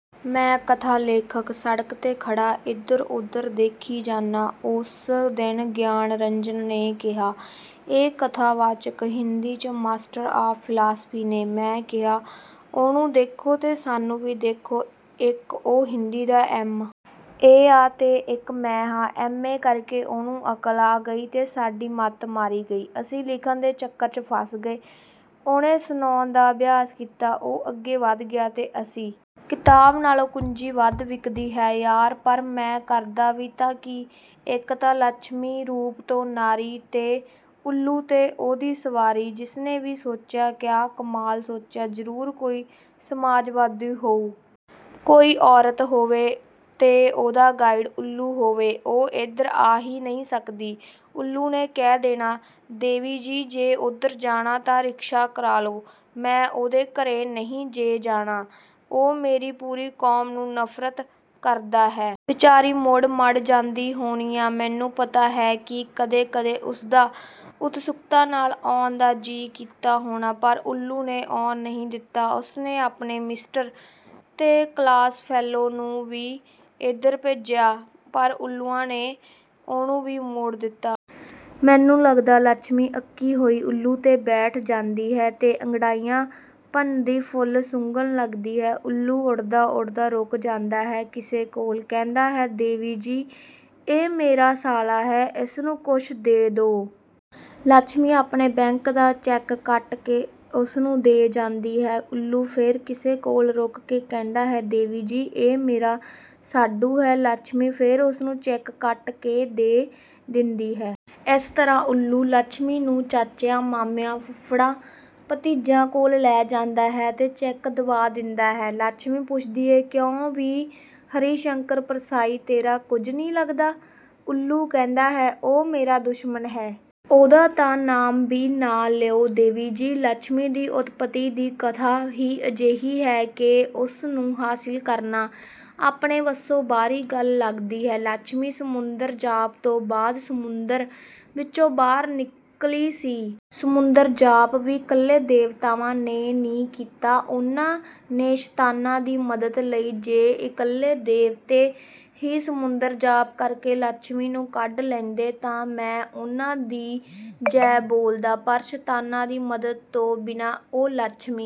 ਮੈਂ, ਕਥਾ ਲੇਖਕ, ਸੜਕ 'ਤੇ ਖੜਾ ਇਧਰ-ਉਧਰ ਦੇਖੀ ਜਾਨਾਂ। ਉਸ ਦਿਨ ਗਿਆਨਰੰਜਨ ਨੇ ਕਿਹਾ, "ਇਹ ਕਥਾਵਾਚਕ ਹਿੰਦੀ 'ਚ ਮਾਸਟਰ ਆਫ ਫਿਲਾਸਫੀ ਨੇ। " ਮੈਂ ਕਿਹਾ, "ਉਹਨੂੰ ਦੇਖੋ ਤੇ ਸਾਨੂੰ ਵੀ ਦੇਖੋ। ਇੱਕ ਉਹ ਹਿੰਦੀ ਦਾ ਐਮ. ਏ ਆ ਤੇ ਇੱਕ ਮੈਂ ਹਾਂ। ਐਮ. ਏ ਕਰਕੇ ਉਹਨੂੰ ਅਕਲ ਆ ਗਈ ਤੇ ਸਾਡੀ ਮੱਤ ਮਾਰੀ ਗਈ। ਅਸੀਂ ਲਿਖਣ ਦੇ ਚੱਕਰ 'ਚ ਫਸ ਗਏ ਤੇ ਉਹਨੇ ਸੁਣਾਉਣ ਦਾ ਅਭਿਆਸ ਕੀਤਾ। ਉਹ ਅੱਗੇ ਵਧ ਗਿਆ ਤੇ ਅਸੀਂ? ਕਿਤਾਬ ਨਾਲੋਂ ਕੁੰਜੀ ਵੱਧ ਵਿਕਦੀ ਹੈ। ਯਾਰ, ਪਰ ਮੈਂ ਕਰਦਾ ਵੀ ਤਾਂ ਕੀ? ਇੱਕ ਤਾਂ ਲੱਛਮੀ ਰੂਪ ਤੋਂ ਨਾਰੀ, ਤੇ ਉੱਲੂ ਤੇ ਉਹਦੀ ਸਵਾਰੀ। ਜਿਸਨੇ ਵੀ ਸੋਚਿਆ ਕਿਆ ਕਮਾਲ ਸੋਚਿਆ। ਜਰੂਰ ਕੋਈ ਸਮਾਜਵਾਦੀ ਹੋਊ। ਕੋਈ ਔਰਤ ਹੋਵੇ ਤੇ ਉਹਦਾ 'ਗਾਈਡ' ਉੱਲੂ ਹੋਵੇ ਉਹ ਇੱਧਰ ਆ ਹੀ ਨਹੀਂ ਸਕਦੀ। ਉੱਲੂ ਨੇ ਕਹਿ ਦੇਣਾ- 'ਦੇਵੀ ਜੀ ਜੇ ਉੱਧਰ ਜਾਣਾ ਤਾਂ ਰਿਕਸ਼ਾ ਕਰਾਲੋ। ਮੈਂ ਉਹਦੇ ਘਰੇ ਨਹੀਂ ਜੇ ਜਾਣਾ। ਉਹ ਮੇਰੀ ਪੂਰੀ ਕੌਮ ਨੂੰ ਨਫਰਤ ਕਰਦਾ ਹੈ। ' ਵਿਚਾਰੀ ਮੁੜ-ਮੜ ਜਾਂਦੀ ਹੋਣੀ ਆ। ਮੈਨੂੰ ਪਤਾ ਹੈ ਕਿ ਕਦੇ-ਕਦੇ ਉਸਦਾ ਉਤਸੁਕਤਾ ਨਾਲ਼ ਆਉਣ ਦਾ ਜੀਅ ਕੀਤਾ ਹੋਣਾ। ਪਰ ਉੱਲੂ ਨੇ ਆਉਣ ਨਹੀਂ ਦਿੱਤਾ। ਉਸਨੇ ਆਪਣੇ 'ਮਿਸਟਰ' ਤੇ 'ਕਲਾਸਫੈਲੋ' ਨੂੰ ਵੀ ਇੱਧਰ ਭੇਜਿਆ, ਪਰ ਉੱਲੂਆਂ ਨੇ ਉਹਨੂੰ ਵੀ ਮੋੜ ਦਿੱਤਾ। ਮੈਨੂੰ ਲੱਗਦਾ, ਲੱਛਮੀ ਅੱਕੀ ਹੋਈ ਉੱਲੂ ਤੇ ਬੈਠ ਜਾਂਦੀ ਹੈ ਤੇ ਅੰਗੜਾਈਆਂ ਭੰਨਦੀ ਫੁੱਲ ਸੁੰਘਣ ਲੱਗਦੀ ਹੈ। ਉੱਲੂ ਉੱਡਦਾ-ਉੱਡਦਾ ਰੁਕ ਜਾਂਦਾ ਹੈ, ਕਿਸੇ ਕੋਲ। ਕਹਿੰਦਾ ਹੈ- 'ਦੇਵੀ ਜੀ, ਇਹ ਮੇਰਾ ਸਾਲਾ ਹੈ। ਇਹਨੂੰ ਕੁਛ ਦੇ ਦੋ। ' ਲੱਛਮੀ ਆਪਣੇ ਬੈਂਕ ਦਾ ਚੈੱਕ ਕੱਟ ਕੇ ਉਸਨੂੰ ਦੇ ਜਾਂਦੀ ਹੈ।। ਉੱਲੂ ਫੇਰ ਕਿਸੇ ਕੋਲ ਰੁਕ ਕੇ ਕਹਿੰਦਾ ਹੈ- ਦੇਵੀ ਜੀ, ਇਹ ਮੇਰਾ ਸਾਢੂ ਹੈ। ਲੱਛਮੀ ਫੇਰ ਉਸਨੂੰ ਚੈੱਕ ਕੱਟ ਕੇ ਦੇ ਦਿੰਦੀ ਹੈ। ਇਸ ਤਰਾਂ ਉੱਲੂ, ਲੱਛਮੀ ਨੂੰ ਚਾਚਿਆਂ, ਮਾਮਿਆਂ, ਫੁੱਫੜਾਂ, ਭਤੀਜਿਆਂ ਕੋਲ ਲੈ ਜਾਂਦਾ ਹੈ ਤੇ ਚੈਕ ਦਿਵਾ ਦਿੰਦਾ ਹੈ। ਲੱਛਮੀ ਪੁੱਛਦੀ ਹੈ, "ਕਿਉਂ ਵੀ ਹਰੀਸ਼ੰਕਰ ਪਰਸਾਈ, ਤੇਰਾ ਕੁਝ ਨੀਂ ਲੱਗਦਾ? " ਉੱਲੂ ਕਹਿੰਦਾ ਹੈ, "ਉਹ ਮੇਰਾ ਦੁਸ਼ਮਣ ਹੈ। ਉਹਦਾ ਤਾਂ ਨਾਮ ਵੀ ਨਾਂ ਲਿਉ ਦੇਵੀ ਜੀ! " ਲੱਛਮੀ ਦੀ ਉਤਪਤੀ ਦੀ ਕਥਾ ਹੀ ਅਜਿਹੀ ਹੈ ਕਿ ਉਸ ਨੂੰ ਹਾਸਿਲ ਕਰਨਾ ਆਪਣੇ ਵੱਸੋਂ ਬਾਹਰੀ ਗੱਲ ਲੱਗਦੀ ਹੈ। ਲੱਛਮੀ ਸਮੁੰਦਰ ਜਾਪ ਤੋਂ ਬਾਅਦ ਸਮੁੰਦਰ ਵਿੱਚੋਂ ਬਾਹਰ ਨਿੱਕਲੀ ਸੀ। ਸਮੁੰਦਰ ਜਾਪ ਵੀ 'ਕੱਲੇ ਦੇਵਤਾਵਾਂ ਨੇ ਨੀਂ ਕੀਤਾ। ਉਹਨਾਂ ਨੇ ਸ਼ੈਤਾਨਾਂ ਦੀ ਮਦਦ ਲਈ। ਜੇ ਇਕੱਲੇ ਦੇਵਤੇ ਹੀ ਸਮੁੰਦਰ ਜਾਪ ਕਰਕੇ ਲੱਛਮੀ ਨੂੰ ਕੱਢ ਲੈਂਦੇ, ਤਾਂ ਮੈਂ ਉਹਨਾਂ ਦੀ ਜੈ ਬੋਲਦਾ। ਪਰ 'ਸ਼ੈਤਾਨਾਂ' ਦੀ ਮਦਦ ਤੋਂ ਬਿਨਾਂ ਉਹ ਲੱਛਮੀ